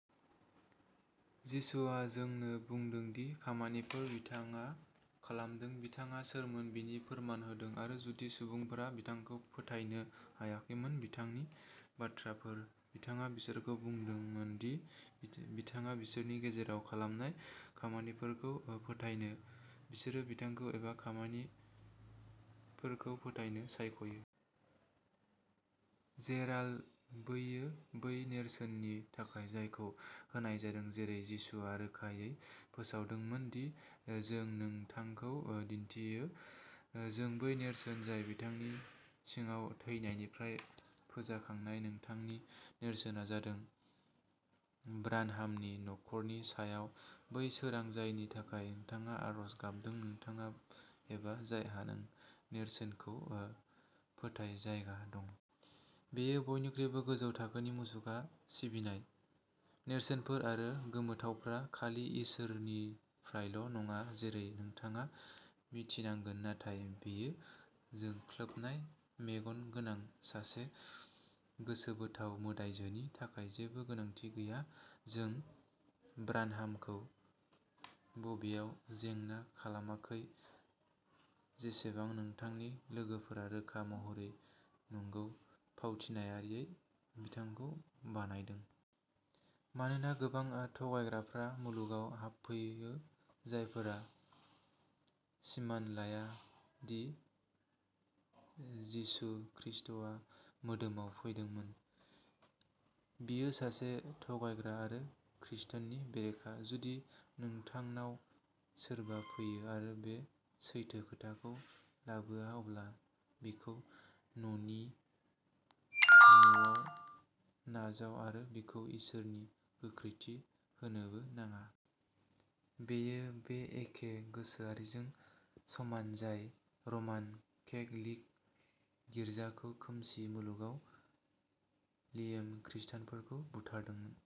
जिसुआ जोंनो बुंदोंमोन दि "खामानिफोर" बिथाङा खालामदोंमोन। बिथाङा सोरमोन बिनि फोरमान होदोंमोन आरो जुदि सुबुंफोरा बिथांखौ फोथायनो हायाखैमोन-बिथांनि बाथ्राफोर, बिथाङा बिसोरखौ बुंदोंमोन दि बिथाङा बिसोरनि गेजेराव खालामनाय "खामानिफोर" खौ फोथायनो। बिसोरो बिथांखौ एबा बिथांनि खामानिफोरखौ फोथायनो सायख'नो। जेराल्ड, बेयो बै नेरसोननि थाखाय, जायखौ होनाय जादों, जेरै जिसुआ रोखायै फोसावदोंमोन, दि जों नोंथांखौ दिन्थियो। जों बै नेरसोन, जाय बिथांनि सिङाव थैनायनिफ्राय फोजाखानाय। नोंथांनि नेरसोनआ जादों ब्रानहामनि खर'नि सायाव बै सोरां, जायनि थाखाय नोंथाङा आरज गाबदों, नोंथाङा एबा जायहा "नेरसोनखौ फोथाय" जायगा दं। बेयो बयनिख्रुइबो गोजौ थाखोनि मुसुखा सिबिनाय। नेरसोनफोर आरो गोमोथावफोरा खालि इसोरनिफ्रायल'नङा, जेरै नोंथाङा मिन्थिनांगोन, नाथाय बेयो जोंख्लाबनाय मेगन गोनां सासे गोसोबोथाव मोदायजोनि थाखाय जेबो गोनांथि गैया। जों ब्रानहामखौ बेयाव जेंना खालामाखै, जेसेबां नोंथांनि लोगोफोरा रोखा महरै, नंगौ, फावथायारियै बिथांखौ बानायदों। "मानोना गोबां थगायग्राफोरा मुलुगाव हाबफैयो, जायफोरा सिमान लाया दि यीशु खृष्टआ मोदोमाव फैदोंमोन। बियो सासे थगायग्रा आरो ख्रीष्टनि बेरेखा। जुदि नोंथांनाव सोरबा फैयो, आरो बे सानथौखौ लाबोआ, अब्ला बिखौ नोंथांनि न'आव नाजाव, आरो बिखौ इसोरनि गोख्रैथि होनोबो नाङा"। बेयो बै एखे गोसोआरिजों समान जाय रमान केथ'लिक गिर्जाखौ खोमसि मुगायाव मिलियन खृष्टानफोरखौ बुथारदोंमोन।